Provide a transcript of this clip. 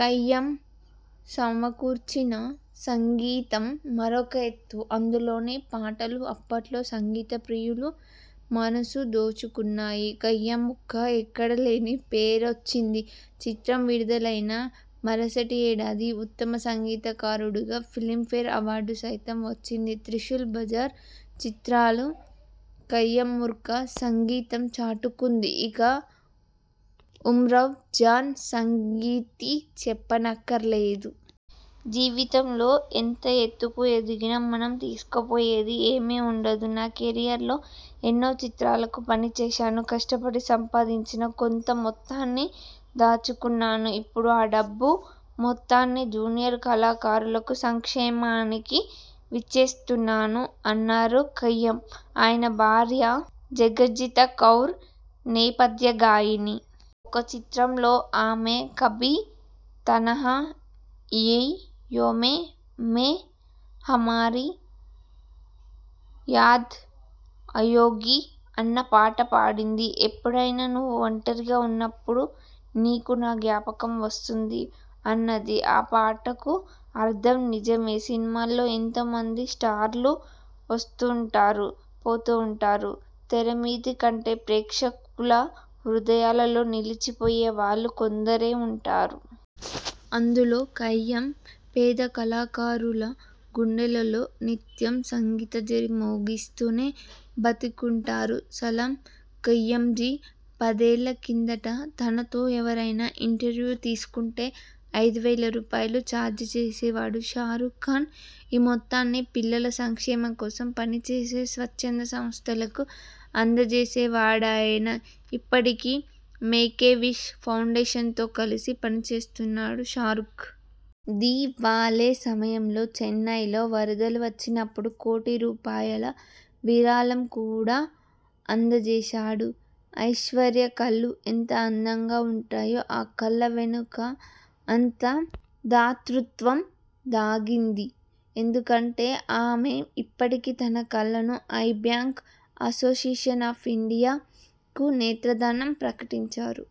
ఖయ్యామ్ సమకూర్చిన సంగీతం మరొక ఎత్తు. అందులోని పాటలు అప్పట్లో సంగీతప్రియుల మనసు దోచుకున్నాయి. ఖయ్యామ్కు ఎక్కడలేని పేరొచ్చింది. చిత్రం విడుదలైన మరుసటి ఏడాది ఉత్తమ సంగీతకారుడిగా ఫిల్మ్ఫేర్ అవార్డు సైతం వచ్చింది. 'త్రిశూల్', 'బజార్' చిత్రాలు ఖయ్యామ్ మార్కు సంగీతం చాటుకుంది. ఇక, 'ఉమ్రావ్ జాన్' సంగతి చెప్పనక్కర్లేదు. ''జీవితంలో ఎంత ఎత్తుకు ఎదిగినా మనం తీసుకుపోయేది ఏమీ ఉండదు. నా కెరీయర్లో ఎన్నో చిత్రాలకు పని చేశాను. కష్టపడి సంపాదించిన కొంత మొత్తాన్ని దాచుకున్నాను. ఇప్పుడు ఆ డబ్బు మొత్తాన్ని జూనియర్ కళాకారులకు సంక్షేమానికి విచ్చేస్తున్నాను '' అన్నారు ఖయ్యామ్. ఆయన భార్య జగ్జిత కౌర్ నేపథ్యగాయని. ఒక చిత్రంలో ఆమె ''కభీ తన్హాయియేమే మే హమారీ యాద్ ఆయేగీ'' అన్న పాట పాడింది. ''ఎప్పుడైనా నువ్వు ఒంటరిగా ఉన్నప్పుడు నీకు నా జ్ఞాపకం వస్తుంది'' అన్నది ఆ పాటకు అర్థం. నిజమే! సినిమాల్లో ఎంతోమంది స్టార్లు వస్తుంటారు, పోతుంటారు. తెర మీదకంటే ప్రేక్షకుల హృదయాల్లో నిలిచిపోయేవాళ్లు కొందరే ఉంటారు! అందులో ఖయ్యామ్ పేద కళాకారుల గుండెల్లో నిత్యం సంగీతఝరి మోగిస్తూనే బతికుంటారు! సలామ్ ఖయ్యామ్జీ!! పదేళ్ల కిందట తనతో ఎవరైనా ఇంటర్వ్యూ తీసుకుంటే ఐదువేల రూపాయలు ఛార్జి చేసేవాడు షారుక్ ఖాన్. ఈ మొత్తాన్ని పిల్లల సంక్షేమం కోసం పనిచేసే స్వచ్ఛంద సంస్థలకు అందజేసేవాడాయన. ఇప్పటికే 'మేక్ ఎ విష్ ఫౌండేషన్' తో కలిసి పనిచేస్తున్నాడు షారుక్. 'దిల్వాలే' సమయంలో చెన్నైలో వరదలు వచ్చినప్పుడు కోటి రూపాయల విరాళం కూడా అందజేశాడు. ఐశ్వర్య కళ్లు ఎంత అందంగా ఉంటాయో ఆ కళ్ల వెనక అంత దాతృత్వం దాగుంది. ఎందుకంటే ఆమె ఇప్పటికే తన కళ్లను 'ఐ బ్యాంక్ అసోసియేషన్ ఆఫ్ ఇండియా'కు నేత్రదానం ప్రకటించారు.